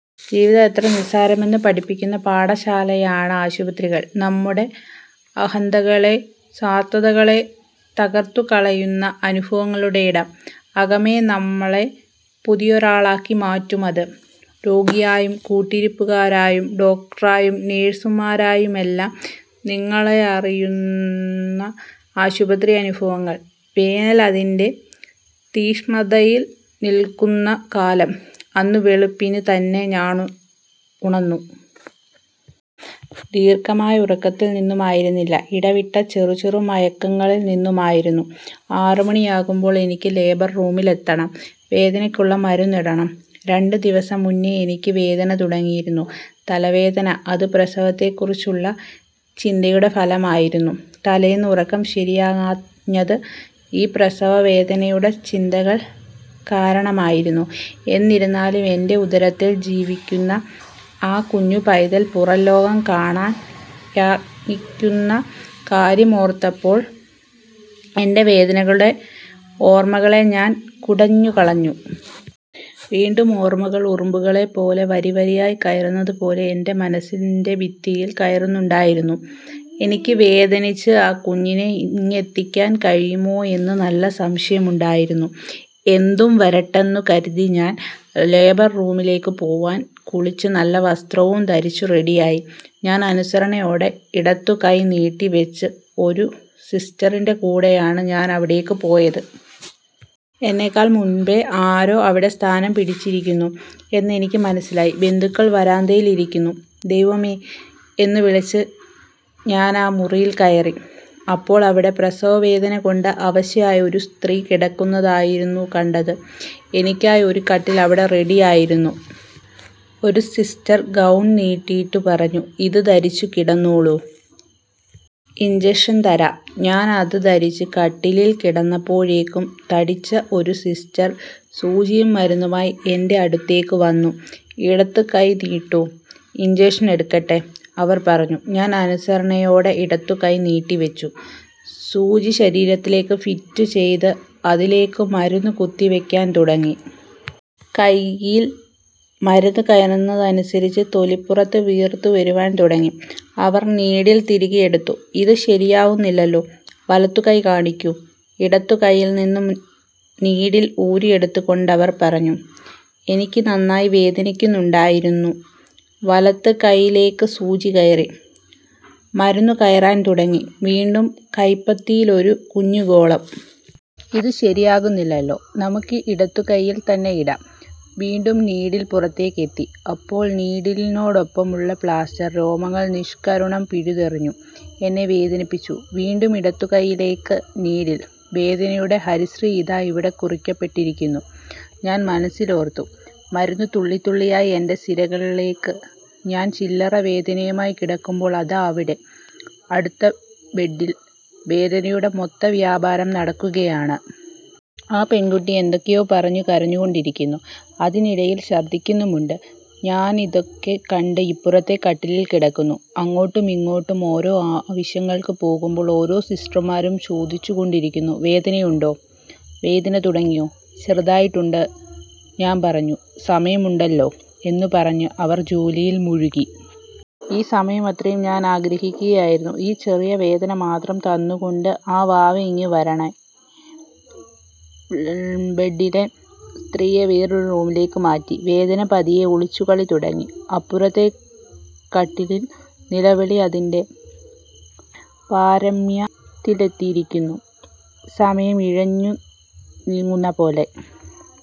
ജീവിതം എത്ര നിസ്സാരമെന്ന് പഠിപ്പിക്കുന്ന പാഠശാലയാണ് ആശുപത്രികള്‍. നമ്മുടെ അഹന്തകളെ, സ്വാര്‍ത്ഥകളെ തകര്‍ത്തുകളയുന്ന അനുഭവങ്ങളുടെ ഇടം. അകമേ നമ്മെ പുതിയൊരാളാക്കി മാറ്റും അത്. രോഗിയായും കൂട്ടിരിപ്പുകാരായും ഡോക്ടറായും നഴ്സുമാരായുമെല്ലാം നിങ്ങളറിയുന്ന ആശുപത്രി അനുഭവങ്ങള്‍. വേനൽ അതിന്‍റെ തീക്ഷ്ണതയിൽ നിൽക്കുന്ന കാലം. അന്ന് വെളുപ്പിന് തന്നെ ഞാൻ ഉണർന്നു. ദീർഘമായ ഉറക്കത്തിൽ നിന്നുമായിരുന്നില്ല ഇടവിട്ടുള്ള ചെറു ചെറു മയക്കങ്ങളിൽ നിന്നുമായിരുന്നു. ആറുമണിയാകുമ്പോൾ എനിക്ക് ലേബർ റൂമിലെത്തണം, വേദനക്കുള്ള മരുന്നിടണം. രണ്ട് ദിവസം മുമ്പേ എനിക്ക് വേദനതുടങ്ങിയിരുന്നു. തലവേദന. അത് പ്രസവത്തെക്കുറിച്ചുള്ള ചിന്തയുടെ ഫലമായിരുന്നു. തലേന്ന് ഉറക്കം ശരിയാകാഞ്ഞത് ഈ പ്രസവവേദനയുടെ ചിന്തകൾ കാരണമായിരുന്നു. എന്നിരുന്നാലും എന്റെ ഉദരത്തിൽ ജീവിക്കുന്ന ആ കുഞ്ഞുപൈതൽ പുറംലോകം കാണാൻ യത്നിക്കുന്ന കാര്യമോർത്തപ്പോൾ എന്‍റെ വേദനകളുടെ ഓർമകളെ ഞാൻ കുടഞ്ഞു കളഞ്ഞു. വീണ്ടും ഓർമ്മകൾ ഉറുമ്പുകളെ പോലെ വരിവരിയായി കയറുന്നതുപോലെ എന്‍റെ മനസ്സിന്‍റെ ഭിത്തിയിൽ കയറുന്നുണ്ടായിരുന്നു. എനിക്ക് വേദനിച്ച് ആ കുഞ്ഞിനെ ഇങ്ങെത്തിക്കാൻ കഴിയുമോയെന്ന് നല്ല സംശയമുണ്ടായിരുന്നു. എന്തും വരട്ടെയെന്നു കരുതി ഞാൻ ലേബർറൂമിലേക്കു പോവാൻ കുളിച്ചു നല്ല വസ്ത്രവും ധരിച്ചു റെഡി ആയി. ഞാൻ അനുസരണയോടെ ഇടതു കൈ നീട്ടി വച്ചു ഒരു സിസ്റ്ററിന്‍റെ കൂടെയാണ് ഞാൻ അവിടേക്ക് പോയത്. എന്നേക്കാൾ മുമ്പേ ആരോ അവിടെ സ്ഥാനം പിടിച്ചിരിക്കുന്നു എന്ന് എനിക്ക് മനസ്സിലായി ബന്ധുക്കൾ വരാന്തയിലിരിക്കുന്നു. ' ദൈവമേ ' എന്നുവിളിച്ച് ഞാനാ മുറിയിൽ കയറി. അപ്പോൾ അവിടെ പ്രസവവേദന കൊണ്ട് അവശയായ ഒരു സ്ത്രീ കിടക്കുന്നതായിരുന്നു കണ്ടത്. എനിക്കായി ഒരു കട്ടിൽ അവിടെ റെഡിയായിരുന്നു. ഒരു സിസ്റ്റർ ഗൗൺ നീട്ടിയിട്ടു പറഞ്ഞു, " ഇത് ധരിച്ചു കിടന്നോളൂ. ഇൻജെക്ഷൻ തരാം. " ഞാൻ അത് ധരിച്ചു കട്ടിലിൽ കിടന്നപ്പോഴേക്കും തടിച്ച ഒരു സിസ്റ്റർ സൂചിയും മരുന്നുമായി എന്റെ അടുത്തേക്കു വന്നു. " ഇടതു കൈ നീട്ടൂ, ഇൻജക്ഷൻ എടുക്കട്ടേ '' അവർ പറഞ്ഞു. ഞാൻ അനുസരണയോടെ ഇടതു കൈ നീട്ടി വച്ചു. സൂചി ശരീരത്തിലേക്ക് ഫിറ്റ് ചെയ്ത് അതിലേക്കു മരുന്ന് കുത്തിവയ്ക്കാൻ തുടങ്ങി. കൈയിൽ മരുന്ന് കയറുന്നതിനനുസരിച്ച് തൊലിപ്പുറത്തു വീർത്തു വരുവാൻ തുടങ്ങി. അവർ നീഡിൽ തിരികെയെടുത്തു. " ഇത് ശരിയാവുന്നില്ലല്ലോ, വലതു കൈ കാണിക്കൂ. " ഇടതു കൈയിൽ നിന്ന് നീഡിൽ ഊരിയെടുത്തുകൊണ്ടവർ പറഞ്ഞു. എനിക്ക് നന്നായി വേദനിക്കുന്നുണ്ടായിരുന്നു. വലതു കൈയിലേക്ക് സൂചികയറി. മരുന്ന് കയറാൻ തുടങ്ങി. വീണ്ടും കൈപ്പത്തിയിലൊരു കുഞ്ഞുഗോളം. " ഇതും ശരിയാകുന്നില്ലല്ലോ, നമുക്ക് ഇടതുകൈയിൽ തന്നെ ഇടാം ". വീണ്ടും നീഡിൽ പുറത്തേക്കെത്തി. അപ്പോൾ നീഡിലിനൊപ്പമുള്ള പ്ലാസ്റ്റർ, രോമങ്ങൾ നിഷ്കരുണം പിഴുതെറിഞ്ഞു. എന്നെ വേദനിപ്പിച്ചു. വീണ്ടും ഇടതുകയ്യിലേക്ക് നീഡിൽ വേദനയുടെ ഹരിശ്രീ ഇതാ ഇവിടെ കുറിക്കപ്പെട്ടിരിക്കുന്നു, ഞാൻ മനസ്സിലോർത്തു. മരുന്ന്, തുള്ളിതുള്ളിയായി എന്‍റെ സിരകളിലേക്ക് ഞാൻചില്ലറ വേദനയുമായി കിടക്കുമ്പോൾ അതാ അവിടെ അടുത്ത ബെഡ്ഡിൽ വേദനയുടെ മൊത്തവ്യാപാരം നടക്കുകയാണ്. ആ പെൺകുട്ടി എന്തൊക്കെയോ പറഞ്ഞു കരഞ്ഞു കൊണ്ടിരിക്കുന്നു. അതിനിടയിൽ ഛർദിക്കുന്നുമുണ്ട്. ഞാനിതൊക്കെ കണ്ട് ഇപ്പുറത്തെ കട്ടിലിൽ കിടന്നു. അങ്ങോട്ടുമിങ്ങോട്ടും ഓരോ ആവശ്യങ്ങൾക്ക് പോകുമ്പോൾ ഓരോ സിസ്റ്റർമാരും ചോദിച്ചു കൊണ്ടിരുന്നു, " വേദനയുണ്ടോ "," വേദന തുടങ്ങിയോ? ''," ചെറുതായിട്ടുണ്ട് " ഞാൻ പറഞ്ഞു, " സമയമുണ്ടല്ലോ " എന്ന് പറഞ്ഞ് അവർ ജോലിയിൽ മുഴുകി. ഈ സമയമത്രയും ഞാനാഗ്രഹിക്കുകയായിരുന്നു ഈ ചെറിയ വേദന മാത്രം തന്നുകൊണ്ടു ആ വാവയിങ്ങു വരണേ. ബെഡ്ഡിലെ സ്ത്രീയെ വേറൊരു റൂമിലേക്ക് മാറ്റി വേദന പതിയെ ഒളിച്ചുകളി തുടങ്ങി. അപ്പുറത്തെ കട്ടിലിൽ നിലവിളി അതിന്‍റെ പാരമ്യത്തിലെത്തിയിരുന്നു. സമയം ഇഴഞ്ഞു നീങ്ങുന്നപോലെ.